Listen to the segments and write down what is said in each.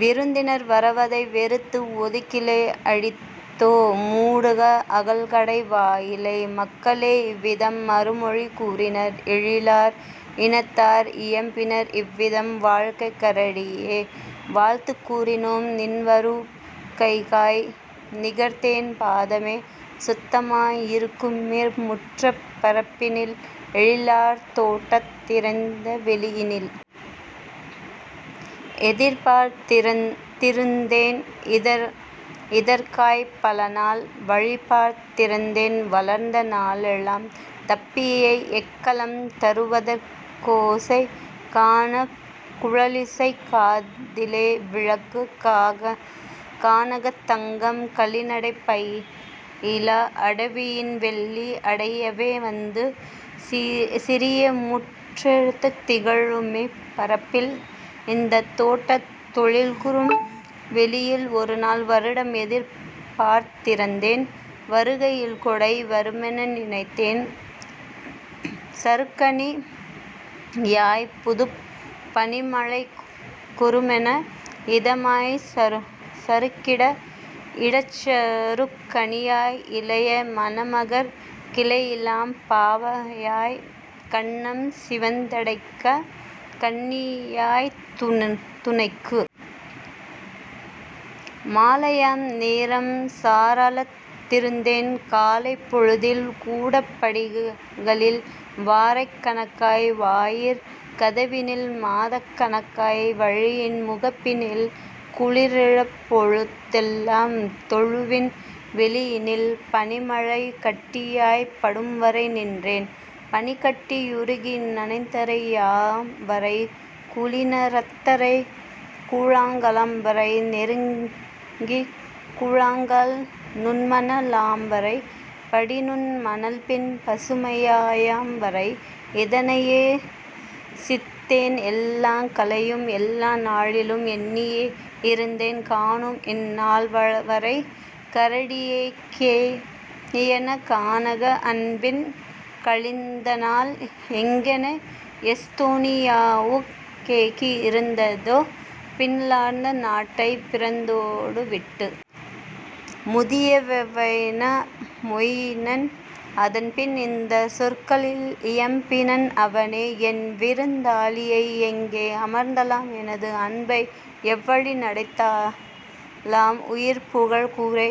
விருந்தினர் வரவதை வெறுத்து ஒதுக்கிலோ அடித்தே மூடுக அகல்கடை வாயிலை! " மக்களோ இவ்விதம் மறுமொழி கூறினர்। எழிலார் இனத்தார் இயம்பினர் இவ்விதம்: "வாழ்க கரடியே, வாழ்த்துக் கூறினோம்! நின்வரு கைக்காய், நிகர்தேன் பாதமே! சுத்தமா யிருக்குமிம் முற்றப் பரப்பினில் எழிலார் தோட்டத் திந்த வெளியினில்! எதிர்பார்த் திருந்தேன் இதற்காய்ப் பலநாள் வழிபார்த் திருந்தேன் வளர்ந்த நாளெலாம் தப்பியோ எக்களம் தருவதற் கோசை கானக் குழலிசைக் காதிலே விழற்கு கானகத் தங்கம் களிநடை பயில அடவியின் வெள்ளி அடையவே வந்து சிறியமுற் றத்துத் திகழுமிப் பரப்பில் இந்தத் தோட்டத் தெழிற்குறும் வெளியில். ஒருநல் வருடம் எதிர்ப்பார்த் திருந்தேன் வருகையில் கோடை வருமென நினைத்தேன் சறுக்கணி யாய்ப்புதுப் பனிமழைக் குறுமென இதமாய்ச் சறுக்கிட இடச்சறுக் கணியாய் இளைய மணமகற் கியையிளம் பாவையாய் கன்னம் சிவந்துடைக் கன்னியாய்த் துணைக்கு. மாலையாம் நேரம் சாரளத் திருந்தேன் காலைப் பொழுதில் கூடப் படிகளில் வாரக் கணக்காய் வாயிற் கதவினில் மாதக் கணக்காய் வழியின் முகப்பினில் குளிர்ப்பொழு தெல்லாம் தொழுவின் வெளியினில்; பனிமழை கட்டியாய்ப் படும்வரை நின்றேன் பனிக்கட்டி யுருகி நனைதரை யாம்வரை குளிண ரத்தரை கூழாங் கலாம் வரை நொருங்கிக்கூ ழாங்கல் நுண்மண லாம்வரை படிநுண் மணல்பின் பசுமையா யாம்வரை; இதனையோ சித்தேன் எல்லாக் காலையும் எல்லா நாளிலும் எண்ணியே இருந்தேன் காணும்இந் நாள்வரை கரடியெங் கேயென கானக அன்பின் கழிந்தநாள் எங்கென எஸ்தோனி யாவுக் கேகி யிருந்ததோ பின்லாந்து நாட்டை பிந்ததோ விட்டு! " முதிய வைனா மொயினன் அதன்பின் இந்தச் சொற்களில் இயம்பினன் அவனே: "என்விருந் தாளியை எங்கே அமர்த்தலாம் எனது அன்பை எவ்வழி நடத்தலாம் உயர்புகழ்க் கூரை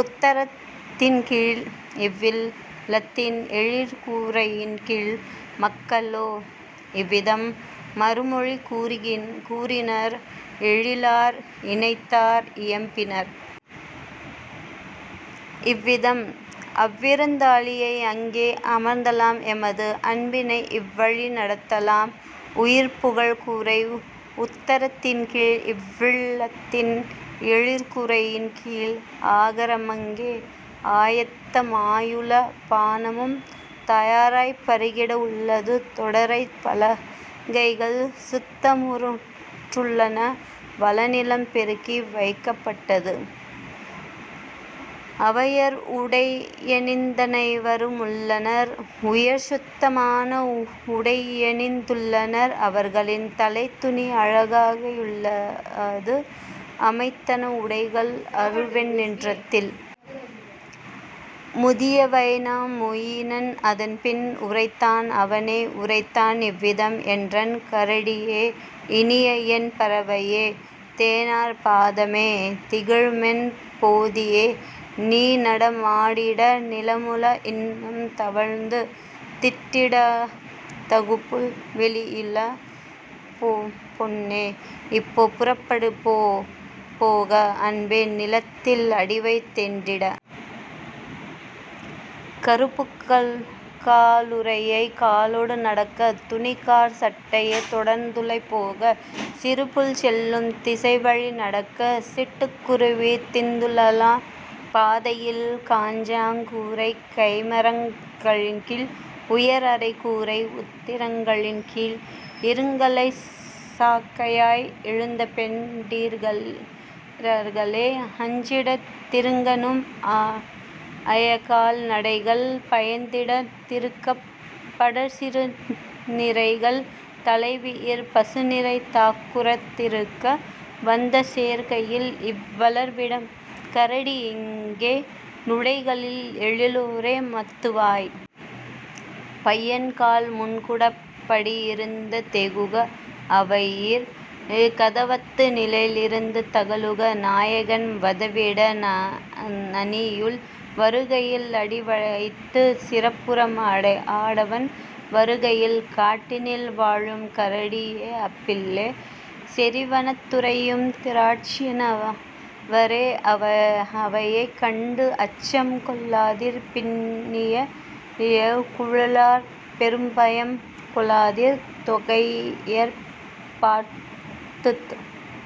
உத்தரத் தின்கீழ் இவ்வில் லத்தின் எழிற்கூ ரையின்கீழ்? " மக்களோ இவ்விதம் மறுமொழி கூறினர் எழிலார் இனத்தார் இயம்பினர் இவ்விதம்: "அவ்விருந் தாளியை அங்கே அமர்த்தலாம் எமது அன்பினை இவ்வழி நடத்தலாம் உயர்புகழ்ப் கூரை உத்தரத் தின்கீழ் இவ்வில் லத்தின் எழிற்கூ ரையின்கீழ்; ஆகார மங்கே ஆயத்த மாயுள பானமும் தயாராய்ப் பருகிட உள்ளது தொடர்தரைப் பலகைகள் சுத்தமுற் றுள்ளன வளநிலம் பெருக்கி வைக்கப் பட்டது, அவையர் உடையணிந் தனைவரு முள்ளனர் உயர்சுத்த மான உடையணிந் துள்ளனர், அவர்களின் தலைத்துணி அழகா யுள்ளது அமைந்தன உடைகள் அருவெண் ணிறத்தில். " முதிய வைனா மொயினன் அதன்பின் உரைத்தான் அவனே உரைத்தான் இவ்விதம்: "என்றன் கரடியே, இனியஎன் பறவையே! தேனார் பாதமே, திகழுமென் பொதியே! நீநட மாடிட நிலமுள இன்னும் தவழ்ந்து திந்திட தகுபுல் வெளியுள. பொன்னே, இப்போ புறப்படு போக! அன்பே, நிலத்தில் அடிவை சென்றிட! கறுப்புக்கா லுறையே, காலெடு நடக்க! துணிக்காற் சட்டையே, தொடர்ந்துலாப் போக! சிறுபுள் செல்லும் திசைவழி நடக்க! சிட்டுக் குருவி திந்துலாம் பாதையில், காண்ஐங் கூரைக் கைமரங் களின்கீழ், உயர்அறு கூரை உத்திரங் களின்கீழ். இருங்கள்எச் சாக்கையாய் இழிந்தபெண் டிர்களே அஞ்சிடா திருக்கநும் அயகால் நடைகள் பயந்திடா திருக்கப் படர்சிறு நிரைகள் தலைவியர் பசுநிரை தாக்குறா திருக்க வந்துசேர் கையில்இவ் வளர்விடம் கரடி இங்கே நுழைகையில் எழிலுரோ மத்துவாய். பையன்காள், முன்கூடப் படியிருந் தேகுக! அவையீர், கதவத்து நிலையிருந் தகலுக! நாயகன் வதிவிட நனியுள் வருகையில் அடிவைத்துச் சிறப்புறும் ஆடவன் வருகையில்! காட்டினில் வாழும் கரடியே, அப்பிளே! செறிவனத் துறையும் திரட்சியா னவரே! அவையைக் கண்டும் அச்சம் கொளாதீர் பின்னிய குழலார்ப் பெரும்பயம் கொளாதீர் தோகையர்ப் பார்த்துத்